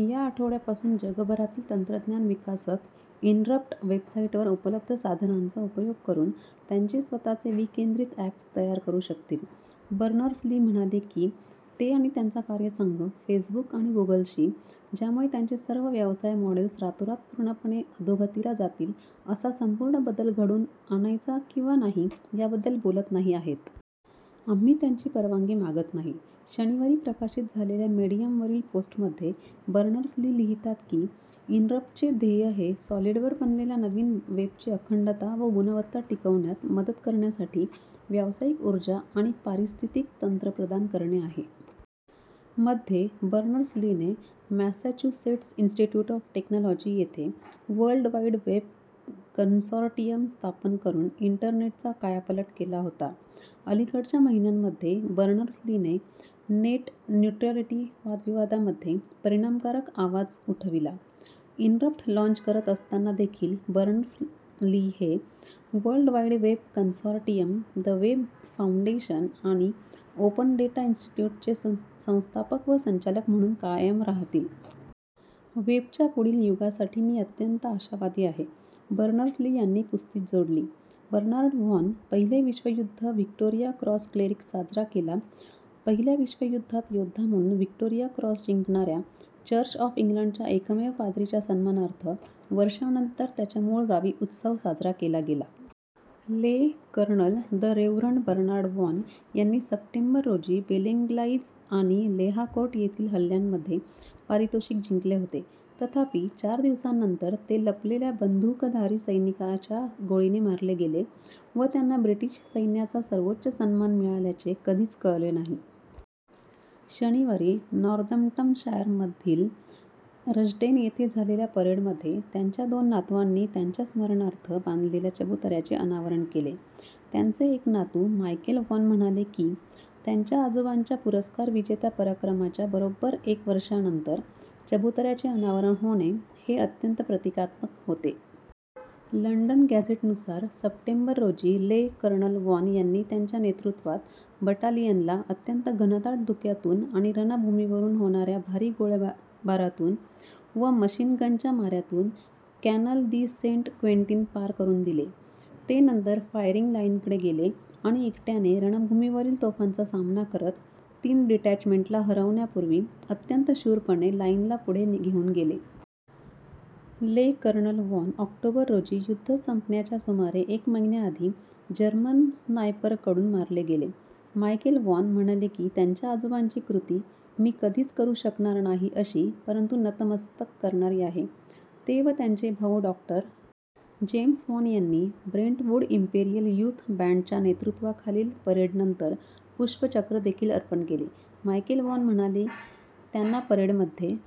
या आठवड्यापासून जगभरातील तंत्रज्ञान विकासक इनरप्ट वेबसाइटवर उपलब्ध साधनांचा उपयोग करून त्यांचे स्वतःचे विकेंद्रित अॅप्स तयार करू शकतील. बर्नर्स-ली म्हणाले की ते आणि त्यांचा कार्यसंघ "फेसबुक आणि गुगलशी, ज्यामुळे त्यांचे सर्व व्यवसाय मॉडेल्स रातोरात पूर्णपणे अधोगतीला जातील असा संपूर्ण बदल घडवून आणायचा किंवा नाही याबद्दल बोलत नाही आहेत. "आम्ही त्यांची परवानगी मागत नाही. " शनिवारी प्रकाशित झालेल्या मेडियमवरील पोस्टमध्ये बर्नर्स-ली लिहितात की इनरप्टचे "ध्येय हे सॉलिडवर बनलेल्या नवीन वेबची अखंडता व गुणवत्ता टिकवण्यात मदत करण्यासाठी व्यावसायिक उर्जा आणि पारिस्थितिक तंत्र प्रदान करणे आहे. " मध्ये, बर्नर्स-लीने मॅसॅच्युसेट्स इंस्टिट्युट ऑफ टेक्नॉलॉजी येथे वर्ल्ड वाइड वेब कंसॉर्टिअम स्थापन करून इंटरनेटचा कायापालट केला होता. अलीकडच्या महिन्यांमध्ये, बर्नर्स-लीने नेट न्युट्रॅलिटी वादविवादामध्ये परिणामकारक आवाज उठविला. इनरप्ट लाँच करत असताना देखील, बर्नर्स-ली हे World Wide Web Consortium, the Web Foundation आणि ओपन डेटा इंस्टिट्युटचे संस्थापक व संचालक म्हणून कायम राहतील. "वेबच्या पुढील युगासाठी मी अत्यंत आशावादी आहे," बर्नर्स-ली यांनी पुस्ती जोडली. बर्नार्ड व्हॉन: पहिले विश्वयुद्ध व्हिक्टोरिया क्रॉस क्लेरिक साजरा केला पहिल्या विश्वयुद्धात योद्धा म्हणून व्हिक्टोरिया क्रॉस जिंकणाऱ्या चर्च ऑफ इंग्लंडच्या एकमेव पाद्रीच्या सन्मानार्थ वर्षांनंतर त्याच्या मूळगावी उत्सव साजरा केला गेला. ले. Colonel the reverend Bernard Vaughan यांनी सप्टेंबर रोजी बेलेंग्लाइज आणि लेहाकोर्ट येथील हल्ल्यामध्ये पारितोषिक जिंकले होते. तथापि, चार दिवसांनंतर ते लपलेल्या बंधुकधारी सैनिकाच्या गोळीने मारले गेले व त्यांना ब्रिटिश सैन्याचा सर्वोच्च सन्मान मिळाल्याचे कधीच कळले नाही. शनिवारी नॉर्दम्प्टनशायरमधील रश्डेन येथे झालेल्या परेडमध्ये त्यांच्या दोन नातवांनी त्यांच्या स्मरणार्थ बांधलेल्या चबुतऱ्याचे अनावरण केले. त्यांचे एक नातू, मायकेल वॉन म्हणाले की त्यांच्या आजोबांच्या पुरस्कार-विजेत्या पराक्रमाच्या बरोब्बर वर्षांनंतर चबुतऱ्याचे अनावरण होणे हे "अत्यंत प्रतिकात्मक होते. लंडन गॅझेटनुसार सप्टेंबर रोजी ले. कर्नल वॉन यांनी त्यांच्या नेतृत्वात बटालियनला "अत्यंत घनदाट धुक्यातून आणि रणभूमीवरून होणाऱ्या भारी गोळीबारातून व मशीन गनच्या माऱ्यातून" कॅनल दी सेंट-क्वेंटिन पार करून दिले. ते नंतर फायरिंग लाइनकडे गेले आणि एकट्याने रणभूमीवरील तोफांचा सामना करत तीन डिटॅचमेंटला हरवण्यापूर्वी "अत्यंत शूरपणे" लाइनला पुढे घेऊन गेले. ले. कर्नल वॉन ऑक्टोबर रोजी युद्ध संपण्याच्या सुमारे एक महिन्याआधी जर्मन स्नायपरकडून मारले गेले. मायकेल वॉन, म्हणाले की त्यांच्या आजोबांची कृती "मी कधीच करू शकणार नाही अशी परंतु नतमस्तक करणारी आहे. " ते व त्यांचे भाऊ डॉ. जेम्स वॉन यांनी ब्रेंटवूड इंपेरियल युथ बँडच्या नेतृत्वाखालील परेडनंतर पुष्पचक्र देखील अर्पण केले. मायकेल वॉन म्हणाले, त्यांना "परेडमध्ये